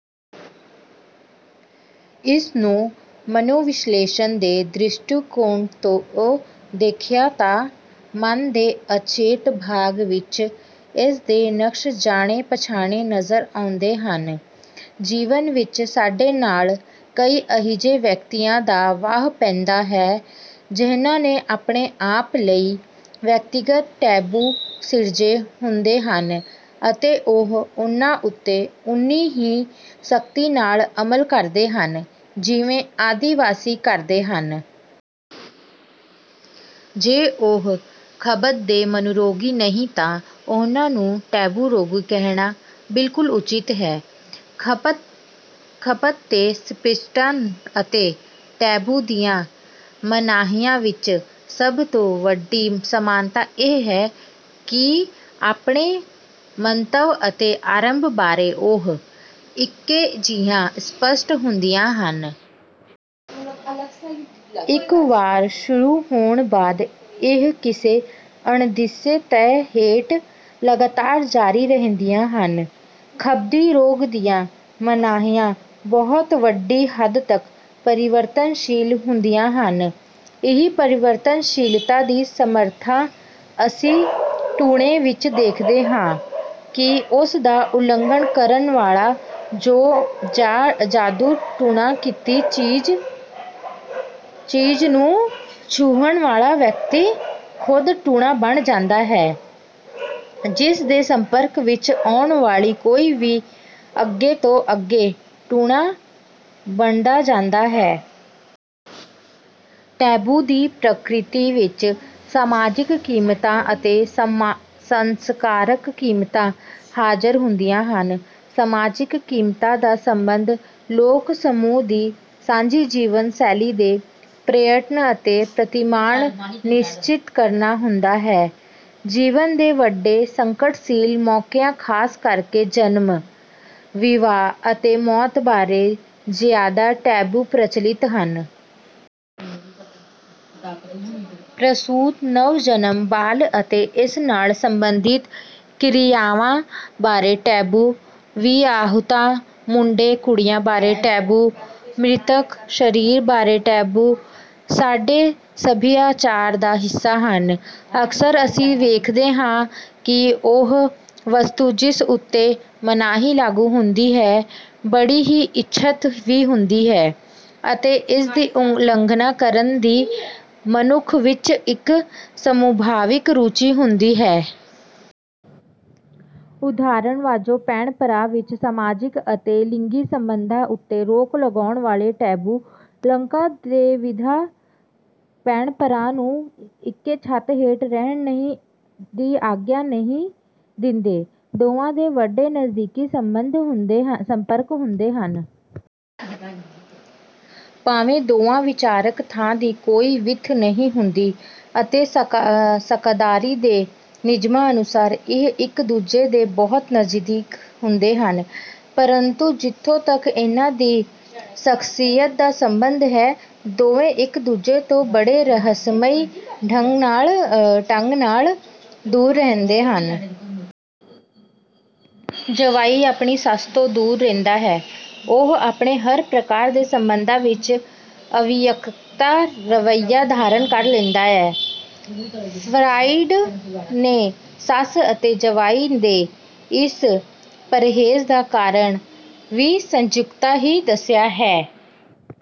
ਇਸ ਨੂੰ ਮਨੋਵਿਸ਼ਲੇਸ਼ਣ ਦੇ ਦ੍ਰਿਸ਼ਟੀਕੋਣ ਤੋਂ ਦੇਖੀਏ ਤਾਂ ਮਨ ਦੇ ਅਚੇਤ ਭਾਗ ਵਿੱਚ ਇਸ ਦੇ ਨਕਸ਼ ਜਾਣੇ-ਪਛਾਣੇ ਨਜ਼ਰ ਆਉਂਦੇ ਹਨ। ਜੀਵਨ ਵਿੱਚ ਸਾਡੇ ਨਾਲ ਕਈ ਅਜਿਹੇ ਵਿਅਕਤੀਆਂ ਦਾ ਵਾਹ ਪੈਂਦਾ ਹੈ, ਜਿਨ੍ਹਾਂ ਨੇ ਆਪਣੇ ਆਪ ਲਈ ਵਿਅਕਤੀਗਤ ਟੈਬੂ ਸਿਰਜੇ ਹੁੰਦੇ ਹਨ ਅਤੇ ਉਹ ਉਨ੍ਹਾਂ ਉੱਤੇ ਓਨੀ ਹੀ ਸਖ਼ਤੀ ਨਾਲ ਅਮਲ ਕਰਦੇ ਹਨ, ਜਿਵੇਂ ਆਦਿ ਵਾਸੀ ਕਰਦੇ ਹਨ। ਜੇ ਉਹ ਖਬਤ ਦੇ ਮਨੋਰੋਗੀ ਨਹੀਂ ਤਾਂ ਉਨ੍ਹਾਂ ਨੂੰ 'ਟੈਬੂ ਰੋਗੀ' ਕਹਿਣਾ ਬਿਲਕੁਲ ਉਚਿਤ ਹੈ। ਖਬਤ ਦੇ ਸਿੰਪਟਮਾਂ ਅਤੇ ਟੈਬੂ ਦੀਆਂ ਮਨਾਹੀਆਂ ਵਿੱਚ ਸਭ ਤੋਂ ਵੱਡੀ ਸਮਾਨਤਾ ਇਹ ਹੈ ਕਿ ਆਪਣੇ ਮੰਤਵ ਅਤੇ ਆਰੰਭ ਬਾਰੇ ਉਹ ਇੱਕੋ ਜਿਹੀਆਂ ਅਸਪੱਸ਼ਟ ਹੁੰਦੀਆਂ ਹਨ। ਇੱਕ ਵਾਰ ਸ਼ੁਰੂ ਹੋਣ ਬਾਅਦ ਇਹ ਕਿਸੇ ਅਣਦਿਸੇ ਭੈਅ ਹੇਠ ਲਗਾਤਾਰ ਜਾਰੀ ਰਹਿੰਦੀਆਂ ਹਨ। ਖਬਤੀ ਰੋਗ ਦੀਆਂ ਮਨਾਹੀਆਂ ਬਹੁਤ ਵੱਡੀ ਹੱਦ ਤੱਕ ਪਰਿਵਰਤਨਸ਼ੀਲ ਹੁੰਦੀਆਂ ਹਨ। ਇਹੀ ਪਰਿਵਰਤਨਸ਼ੀਲਤਾ ਦੀ ਸਮਰੱਥਾ ਅਸੀਂ ਟੂਣੇ ਵਿੱਚ ਦੇਖਦੇ ਹਾਂ ਕਿ ਉਸ ਦਾ ਉਲੰਘਣ ਕਰਨ ਵਾਲਾ ਜਾਂ ਟੂਣਾ ਕੀਤੀ ਚੀਜ਼ ਨੂੰ ਛੂਹਣ ਵਾਲਾ ਵਿਅਕਤੀ ਖ਼ੁਦ ਟੂਣਾ ਬਣ ਜਾਂਦਾ ਹੈ ਜਿਸ ਦੇ ਸੰਪਰਕ ਵਿੱਚ ਆਉਣ ਵਾਲੀ ਕੋਈ ਵੀ ਅੱਗੇ ਤੋਂ ਅੱਗੇ ਟੂਣਾ ਬਣਦਾ ਜਾਂਦਾ ਹੈ। ਟੈਬੂ ਦੀ ਪ੍ਰਕਿਰਤੀ ਵਿੱਚ ਸਮਾਜਿਕ ਕੀਮਤਾਂ ਅਤੇ ਸੰਸਕਾਰਕ ਕੀਮਤਾਂ ਹਾਜ਼ਰ ਹੁੰਦੀਆਂ ਹਨ। ਸਮਾਜਿਕ ਕੀਮਤਾਂ ਦਾ ਸੰਬੰਧ ਲੋਕ ਸਮੂਹ ਦੀ ਸਾਂਝੀ ਜੀਵਨ ਸ਼ੈਲੀ ਦੇ ਪੈਟਰਨ ਅਤੇ ਪ੍ਰਤਿਮਾਨ ਨਿਸ਼ਚਿਤ ਕਰਨਾ ਹੁੰਦਾ ਹੈ। ਜੀਵਨ ਦੇ ਵੱਡੇ ਸੰਕਟਸ਼ੀਲ ਮੌਕਿਆਂ ਖਾਸ ਕਰਕੇ ਜਨਮ, ਵਿਆਹ ਅਤੇ ਮੌਤ ਬਾਰੇ ਜ਼ਿਆਦਾ ਟੈਬੂ ਪ੍ਰਚਲਿਤ ਹਨ। ਪ੍ਰਸਤੂਤ, ਨਵ-ਜਨਮ ਬਾਲ ਅਤੇ ਇਸ ਨਾਲ ਸੰਬੰਧਿਤ ਕਿਰਿਆਵਾਂ ਬਾਰੇ ਟੈਬੂ, ਵਿਆਹੁਤਾ ਮੁੰਡੇ-ਕੁੜੀ ਬਾਰੇ ਟੈਬੂ, ਮ੍ਰਿਤਕ ਸਰੀਰ ਬਾਰੇ ਟੈਬੂ ਸਾਡੇ ਸੱਭਿਆਚਾਰ ਦਾ ਹਿੱਸਾ ਹਨ। ਅਕਸਰ ਅਸੀਂ ਵੇਖਦੇ ਹਾਂ ਕਿ ਉਹ ਵਸਤੂ ਜਿਸ ਉੱਤੇ ਮਨਾਹੀ ਲਾਗੂ ਹੁੰਦੀ ਹੈ, ਬੜੀ ਹੀ ਇੱਛਤ ਵੀ ਹੁੰਦੀ ਹੈ ਅਤੇ ਇਸ ਦੀ ਉਲੰਘਣਾ ਕਰਨ ਦੀ ਮਨੁੱਖ ਵਿੱਚ ਇੱਕ ਸੁਭਾਵਿਕ ਰੁਚੀ ਹੁੰਦੀ ਹੈ। ਉਦਾਹਰਨ ਵਜੋਂ ਭੈਣ-ਭਰਾ ਵਿੱਚ ਸਮਾਜਿਕ ਅਤੇ ਲਿੰਗੀ ਸੰਬੰਧਾਂ ਉੱਤੇ ਰੋਕ ਲਾਉਣ ਵਾਲੇ ਟੈਬੂ। ਲੰਕਾ ਦੇ ਵੀਧਾ ਭੈਣ-ਭਰਾ ਨੂੰ ਇੱਕੋ ਛੱਤ ਹੇਠ ਰਹਿਣ ਦੀ ਆਗਿਆ ਨਹੀਂ ਦਿੰਦੇ। ਦੋਵਾਂ ਦੇ ਬੜੇ ਨਜ਼ਦੀਕੀ ਸੰਪਰਕ ਹੁੰਦੇ ਹਨ। ਭਾਵੇਂ ਦੋਵਾਂ ਵਿਚਕਾਰ ਥਾਂ ਦੀ ਕੋਈ ਵਿੱਥ ਨਹੀਂ ਹੁੰਦੀ ਅਤੇ ਸਾਕਾਦਾਰੀ ਦੇ ਨਿਯਮਾਂ ਅਨੁਸਾਰ ਇਹ ਇੱਕ ਦੂਜੇ ਦੇ ਬਹੁਤ ਨਜ਼ਦੀਕ ਹੁੰਦੇ ਹਨ। ਪਰੰਤੂ ਜਿੱਥੋਂ ਤੱਕ ਇਨ੍ਹਾਂ ਦੀ ਸ਼ਖ਼ਸੀਅਤ ਦਾ ਸੰਬੰਧ ਹੈ, ਦੋਵੇਂ ਇੱਕ ਦੂਜੇ ਤੋਂ ਬੜੇ ਰਹੱਸਮਈ ਢੰਗ ਨਾਲ ਦੂਰ ਰਹਿੰਦੇ ਹਨ। ਜਵਾਈ ਆਪਣੀ ਸੱਸ ਤੋਂ ਦੂਰ ਰਹਿੰਦਾ ਹੈ, ਉਹ ਆਪਣੇ ਹਰ ਪ੍ਰਕਾਰ ਦੇ ਸੰਬੰਧਾਂ ਵਿੱਚ ਅਵਿਅਕਤਕ ਰਵੱਈਆ ਧਾਰਨ ਕਰ ਲੈਂਦਾ ਹੈ। ਫਰਾਇਡ ਨੇ ਸੱਸ ਅਤੇ ਜਵਾਈ ਦੇ ਇਸ ਪਰਹੇਜ਼ ਦਾ ਕਾਰਨ ਵਿਸੰਯੁਜਤਾ ਹੀ ਦੱਸਿਆ ਹੈ, ਜੋ